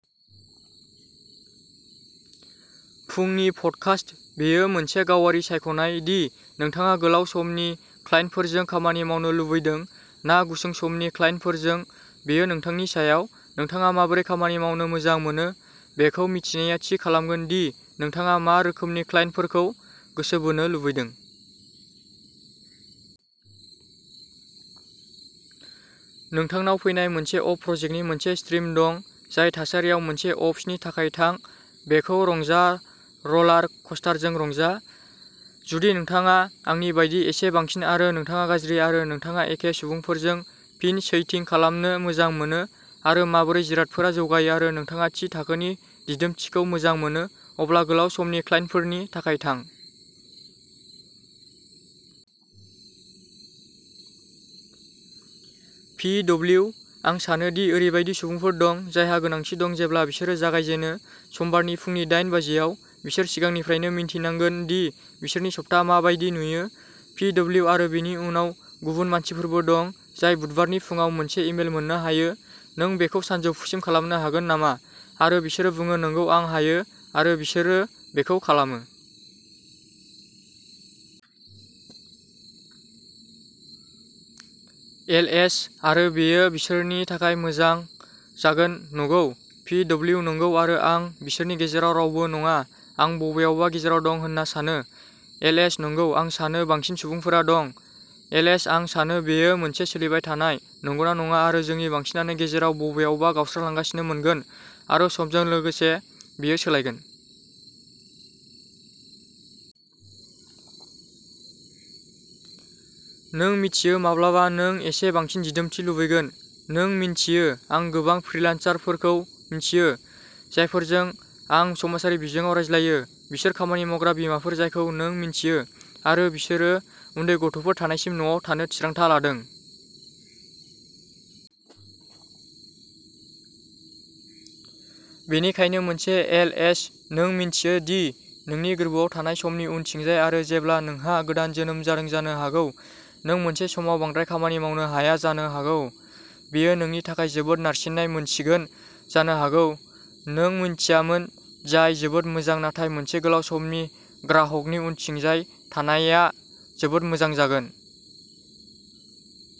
फुंनि पडकास्ट, बेयो मोनसे गावारि सायख'नाय दि नोंथाङा गोलाव समनि क्लाइन्टफोरजों खामानि मावनो लुबैदों ना गुसुं समनि क्लाइन्टफोरजों। बेयो नोंथांनि सायाव। नोंथाङा माबोरै खामानि मावनो मोजां मोनो बेखौ मिथिनाया थि खालामगोन दि नोंथाङा मा रोखोमनि क्लाइन्टफोरखौ गोसो बोनो लुबैदों। नोंथांनाव फैनाय मोनसे अफ प्रजेक्टनि मोनसे स्ट्रिम दं जाय थासारियाव मोनसे अफ्सनि थाखाय थां, बेखौ रंजा र'लार कस्टारखौ रंजा। जुदि नोंथाङा आंनि बायदि एसे बांसिन आरो नोंथाङा गाज्रि आरो नोंथाङा एखे सुबुंफोरजों फिन चैटिं खालामनो मोजां मोनो आरो माबोरै जिरादफोरा जौगायो आरो नोंथाङा थि थाखोनि दिदोमथिखौ मोजां मोनो, अब्ला गोलाव समनि क्लाइन्टफोरनि थाखाय थां। पि डब्लिउ आं सानो दि ओरैबायदि सुबुंफोर दं जायहा गोनांथि दं जेब्ला बिसोरो जागायजेनो। समबारनि फुंनि दायेन बाजियाव, बिसोर सिगांनिफ्रायनो मिन्थिनांगोन दि बिसोरनि सप्ता माबायदि नुयो। पि डब्लिउ आरो बेनि उनाव गुबुन मानसिफोरबो दं जाय बुधबारनि फुंआव मोनसे इमेल मोन्नो हायो, नों बेखौ सानजौफुसिम खालामनो हागोन नामा आरो बिसोरो बुङो नंगौ आं हायो आरो बिसोरो बेखौ खालामो। एलएच आरो बेयो बिसोरनि थाखाय मोजां जागोन, नगौ। पि डब्लिउ नंगौ आरो आं बिसोरनि गेजेराव रावबो नङा, आं बबेयावबा गेजेराव दं होनना सानो। एलएच नंगौ आं सानो बांसिन सुबुंफोरा दं। एलएच आं सानो बेयो मोनसे सोलिबाय थानाय, नंगौना नङा आरो जोंनि बांसिनानो गेजेराव बबेयावबा गावस्रालांगासिनो मोनगोन आरो समजों लोगोसे बेयो सोलायगोन। नों मिथियो माब्लाबा नों एसे बांसिन दिदोमथि लुबैगोन। नों मिन्थियो आं गोबां फ्रिलान्सारफोरखौ मिन्थियो जायफोरजों आं समाजारि बिजोङाव रायज्लायो बिसोर खामानि मावग्रा बिमाफोर जायखौ नों मिन्थियो आरो बिसोरो उन्दै गथ'फोर थानायसिम न'आव थानो थिरांथा लादों। बेनिखायनो मोनसे एल एच नों मिन्थियो दि नोंनि गोर्बोआव थानाय समनि उनथिंजाय आरो जेब्ला नोंहा गोदान जोनोम जादों जानो हागौ नों मोनसे समाव बांद्राय खामानि मावनो हाया जानो हागौ बेयो नोंनि थाखाय जोबोद नारसिननाय मोनसिगोन जानो हागौ नों मिन्थियामोन, जाय जोबोद मोजां नाथाय मोनसे गोलाव समनि ग्राहकनि उनथिंजाय थानायआ जोबोद मोजां जागोन।